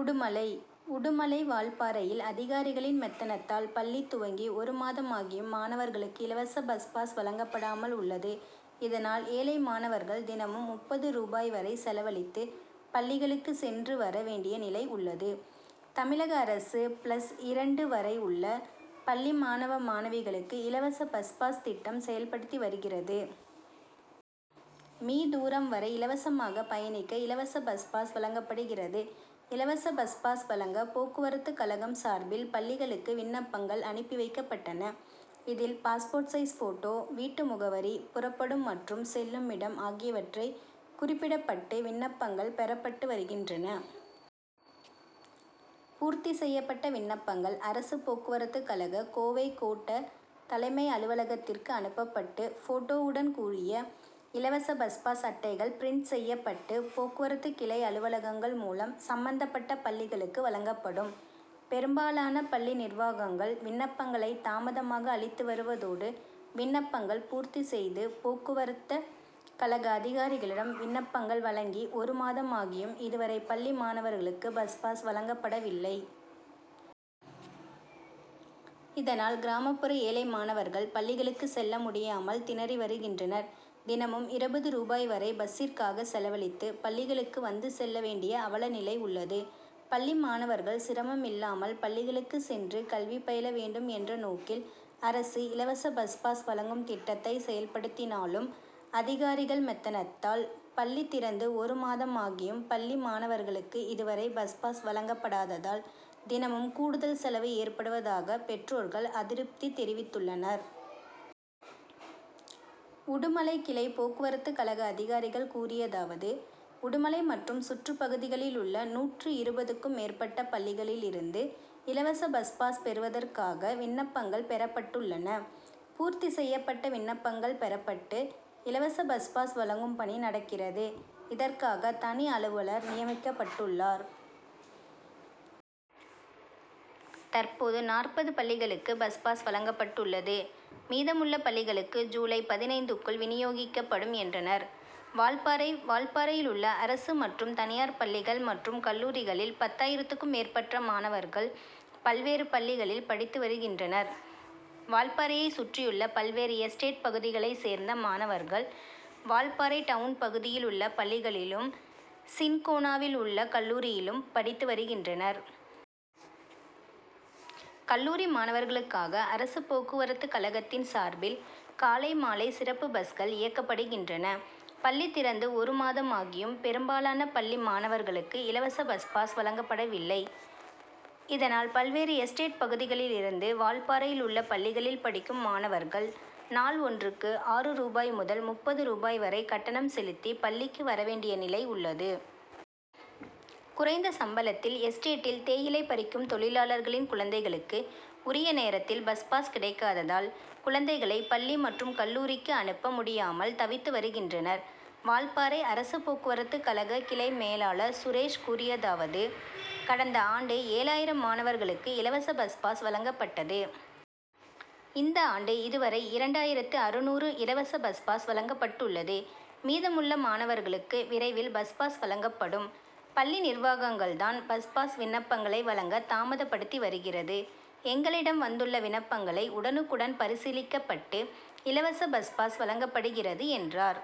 உடுமலை உடுமலை, வால்பாறையில் அதிகாரிகளின் மெத்தனத்தால் பள்ளி துவங்கி ஒரு மாதமாகியும் மாணவர்களுக்கு இலவச பஸ் பாஸ் வழங்கப்படாமல் உள்ளது. இதனால், ஏழை மாணவர்கள் தினமும் முப்பது ரூபாய் வரை செலவழித்து பள்ளிகளுக்கு சென்று, வர வேண்டிய நிலை உள்ளது. தமிழக அரசு, பிளஸ் இரண்டு வரை உள்ள பள்ளி மாணவ, மாணவிகளுக்கு இலவச பஸ் பாஸ் திட்டம் செயல்படுத்தி வருகிறது. மீ., தூரம் வரை இலவசமாக பயணிக்க இலவச பஸ் பாஸ் வழங்கப்படுகிறது. இலவச பஸ் பாஸ் வழங்க போக்குவரத்து கழகம் சார்பில் பள்ளிகளுக்கு விண்ணப்பங்கள் அனுப்பிவைக்கப்பட்டன. இதில், பாஸ்போர்ட் சைஸ் ஃபோட்டோ, வீட்டு முகவரி, புறப்படும் மற்றும் செல்லுமிடம் ஆகியவற்றை குறிப்பிடப்பட்டு விண்ணப்பங்கள் பெறப்பட்டு வருகின்றன. பூர்த்தி செய்யப்பட்ட விண்ணப்பங்கள், அரசு போக்குவரத்து கழக கோவை கோட்ட தலைமை அலுவலகத்திற்கு அனுப்பப்பட்டு, ஃபோட்டோவுடன் கூடிய இலவச பஸ் பாஸ் அட்டைகள் பிரின்ட் செய்யப்பட்டு, போக்குவரத்து கிளை அலுவலகங்கள் மூலம் சம்பந்தப்பட்ட பள்ளிகளுக்கு வழங்கப்படும். பெரும்பாலான பள்ளி நிர்வாகங்கள் விண்ணப்பங்களை தாமதமாக அளித்து வருவதோடு, விண்ணப்பங்கள் பூர்த்தி செய்து போக்குவரத்த கழக அதிகாரிகளிடம் விண்ணப்பங்கள் வழங்கி ஒரு மாதமாகியும் இதுவரை பள்ளி மாணவர்களுக்கு பஸ் பாஸ் வழங்கப்படவில்லை. இதனால், கிராமப்புற ஏழை மாணவர்கள் பள்ளிகளுக்கு செல்ல முடியாமல் திணறி வருகின்றனர். தினமும் இருபது ரூபாய் வரை பஸ்சிற்காக செலவழித்து, பள்ளிகளுக்கு வந்து செல்ல வேண்டிய அவல நிலை உள்ளது. பள்ளி மாணவர்கள் சிரமம் இல்லாமல் பள்ளிகளுக்கு சென்று கல்வி பயில வேண்டும் என்ற நோக்கில் அரசு இலவச பஸ் பாஸ் வழங்கும் திட்டத்தை செயல்படுத்தினாலும், அதிகாரிகள் மெத்தனத்தால், பள்ளி திறந்து ஒரு மாதமாகியும் பள்ளி மாணவர்களுக்கு இதுவரை பஸ் பாஸ் வழங்கப் படாததால், தினமும் கூடுதல் செலவு ஏற்படுவதாக பெற்றோர்கள் அதிருப்தி தெரிவித்துள்ளனர். உடுமலை கிளை போக்குவரத்து கழக அதிகாரிகள் கூறியதாவது உடுமலை மற்றும் சுற்றுப்பகுதிகளிலுள்ள நூற்றி இருவதுக்கும் மேற்பட்ட பள்ளிகளிலிருந்து இலவச பஸ் பாஸ் பெறுவதற்காக விண்ணப்பங்கள் பெறப்பட்டுள்ளன. பூர்த்தி செய்யப்பட்ட விண்ணப்பங்கள் பெறப்பட்டு, இலவச பஸ் பாஸ் வழங்கும் பணி நடக்கிறது. இதற்காக தனி அலுவலர் நியமிக்கப்பட்டுள்ளார். தற்போது, நாற்பது பள்ளிகளுக்கு பஸ் பாஸ் வழங்கப்பட்டுள்ளது. மீதமுள்ள பள்ளிகளுக்கு ஜூலை பதினைந்துக்குள் வினியோகிக்கப்படும் என்றனர். வால்பாறை வால்பாறையிலுள்ள அரசு மற்றும் தனியார் பள்ளிகள் மற்றும் கல்லூரிகளில் பத்தாயிரத்துக்கும் மேற்பட்ட மாணவர்கள் பல்வேறு பள்ளிகளில் படித்து வருகின்றனர். வால்பாறையை சுற்றியுள்ள பல்வேறு எஸ்டேட் பகுதிகளை சேர்ந்த மாணவர்கள் வால்பாறை டவுன் பகுதியில் உள்ள பள்ளிகளிலும், சின்கோனாவில் உள்ள கல்லூரியிலும் படித்துவருகின்றனர். கல்லூரி மாணவர்களுக்காக அரசு போக்குவரத்துக்கழகத்தின் சார்பில் காலை மாலை சிறப்பு பஸ்கள் இயக்கப்படுகின்றன. பள்ளி திறந்து ஒரு மாதமாகியும் பெரும்பாலான பள்ளி மாணவர்களுக்கு இலவச பஸ்பாஸ் வழங்கப்படவில்லை. இதனால் பல்வேறு எஸ்டேட் பகுதிகளிலிருந்து வால்பாறையில் உள்ள பள்ளிகளில் படிக்கும் மாணவர்கள் நாள் ஒன்றுக்கு ஆறு ரூபாய் முதல் முப்பது ரூபாய் வரை கட்டணம் செலுத்தி பள்ளிக்கு வரவேண்டிய நிலை உள்ளது. குறைந்த சம்பளத்தில் எஸ்டேட்டில் தேயிலை பறிக்கும் தொழிலாளர்களின் குழந்தைகளுக்கு உரிய நேரத்தில் பஸ் பாஸ் கிடைக்காததால், குழந்தைகளை பள்ளி மற்றும் கல்லூரிக்கு அனுப்ப முடியாமல் தவித்து வருகின்றனர். வால்பாறை அரசு போக்குவரத்துக்கழக கிளை மேலாளர் சுரேஷ் கூறியதாவது கடந்த ஆண்டு ஏழாயிரம் மாணவர்களுக்கு இலவச பஸ் பாஸ் வழங்கப்பட்டது. இந்த ஆண்டு இது வரை இரண்டாயிரத்து அறுநூறு இலவச பஸ் பாஸ் வழங்கப்பட்டுள்ளது. மீதமுள்ள மாணவர்களுக்கு விரைவில் பஸ் பாஸ் வழங்கப்படும். பள்ளி நிர்வாகங்கள் தான் பஸ் பாஸ் விண்ணப்பங்களை வழங்க தாமதப்படுத்தி வருகிறது. எங்களிடம் வந்துள்ள விண்ணப்பங்களை உடனுக்குடன் பரிசீலிக்கப்பட்டு இலவச பஸ் பாஸ் வழங்கப்படுகிறது என்றார்.